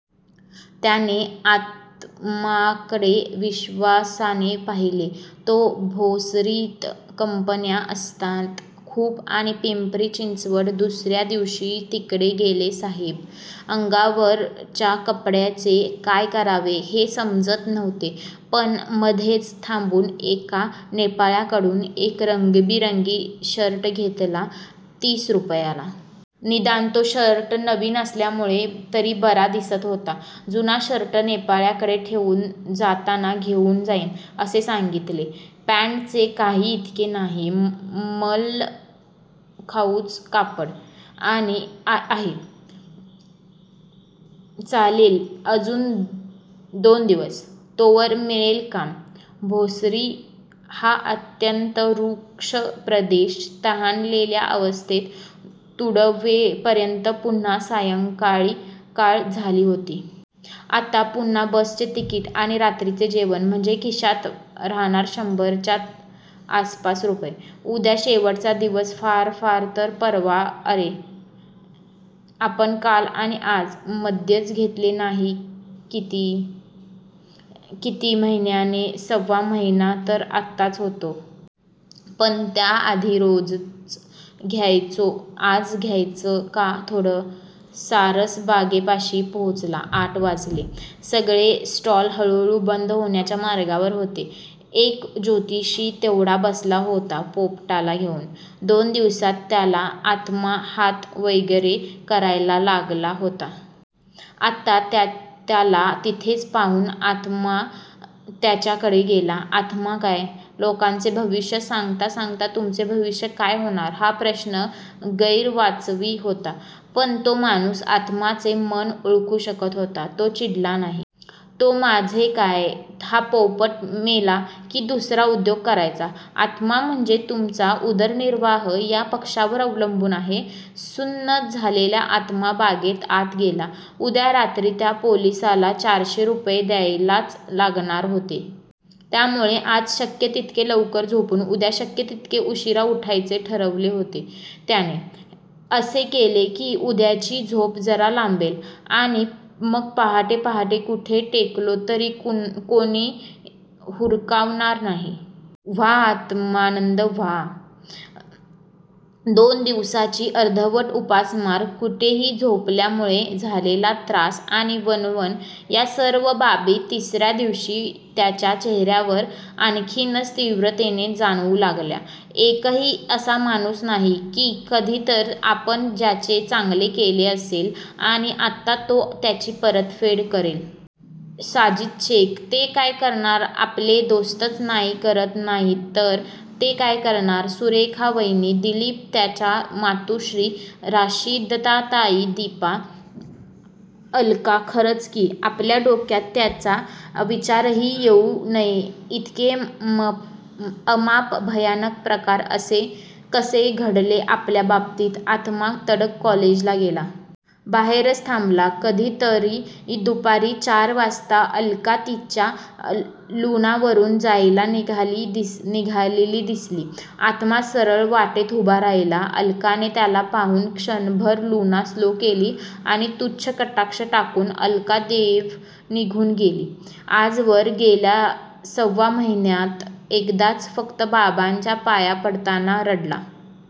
त्याने आत्म्याकडे अविश्वासाने पाहिले. तो भोसरीत कंपन्या असतात खूप आणि पिंपरी चिंचवड! दुसर्या दिवशी तिकडे गेले साहेब! अंगावरच्या कपड्यांचे काय करावे हे समजत नव्हते. मग मध्येच थांबून एका नेपाळ्याकडुन एक रंगीबेरंगी शर्ट घेतला तीस रुपयाला! निदान तो शर्ट नवीन असल्यामुळे तरी बरा दिसत होता. जुना शर्ट नेपाळ्याकडे ठेवून 'जाताना घेऊन जाईन' असे सांगीतले. पँटचे काही इतके नाही. मळखाऊच कापड आहे. चालेल अजून दोन दिवस! तोवर मिळेल काम! भोसरी हा अत्यंत रुक्ष प्रदेश तहानलेल्या अवस्थेत तुडवेपर्यंत पुन्हा संध्याकाळ झाली होती. आता पुन्हा बसचे तिकीट आणि रात्रीचे जेवण! म्हणजे खिशात राहणार शंभरच्या आसपास रुपये! उद्या शेवटचा दिवस फार फार तर परवा अरे! आपण काल आणि आज, मद्यच घेतले नाही किती? किती महिन्यांनी, सव्वा महिना तर आतच होतो. पण त्या आधी रोजच घ्यायचो आज घ्यायचं का थोडं? सारसबागेपाशी पोचायला आठ वाजले. सगळे स्टॉल्स हळू-हळू बंद होण्याच्या मार्गावर होते. एक ज्योतिषी तेवढा बसलेला होता पोपटाला घेऊन! दोन दिवसात त्याला आत्मा हात वगैरे करायला लागला होता. आत्ता त्याला तिथेच पाहून आत्मा त्याच्याकडे गेला. आत्मा काय? लोकांची भविष्ये सांगता सांगता तुमचे भविष्य काय होणार? हा प्रश्न गैरवाजवी होता. पण तो माणूस आत्म्याचे मन ओळखू शकत होता. तो चिडला नाही. तो माझे काय? हा पोपट मेला की दुसरा उद्योग करायचा. आत्मा, म्हणजे तुमचा उदरनिर्वाह या पक्ष्यावर अवलंबून आहे? सुन्न झालेला आत्मा बागेत आत गेला. उद्या रात्री त्या पोलिसाला चारशे रुपये द्यायलाच लागणार होते. त्यामुळे आज शक्य तितके लवकर झोपून उद्या शक्य तितके उशीरा उठायचे ठरवले होते त्याने! असे केले की उद्याची झोप जरा लांबेल! आणि मग पहाटे पहाटे कुठे टेकलो तरी कोणी हुसकावणार नाही. व्वा आत्मानंद व्वा! दोन दिवसांची अर्धवट उपासमार, कुठेही झोपल्यामुळे झालेला त्रास आणि वणवण या सर्व बाबी तिसर्या दिवशी त्याच्या चेहर्यावर आणखीनच तीव्रतेने जाणवू लागल्या. एकही असा माणूस नाही? की कधीतरी आपण ज्याचे चांगले केले असेल आणि आत्ता तो त्याची परतफेड करेल? साजिद शेख? ते काय करणार आपले दोस्तच काही करत नाहीत तर ते काय करणार, सुरेखा वहिनी, दिलीप यांच्या मातु:श्री, रशिदाताई दीपा, अलका खरच की? आपल्या डोक्यात त्यांचा विचारही येऊ नये इतके अमाप भयानक प्रकार कसे घडले आपल्या बाबतीत, आत्मा तडक कॉलेजला गेला. बाहेरच थांबला, कधीतरी दुपारी चार वाजता अलका तिच्या लुनावरून जायला निघालेली दिसली. आत्मा सरळ वाटेत उभा राहिला. अलकाने त्याला पाहून क्षणभर लुना स्लो केली आणि तुच्छ कटाक्ष टाकून अलका देव निघून गेली. आजवर, गेल्या सव्वा महिन्यात एकदाच फक्त बाबांच्या पाया पडताना रडला.--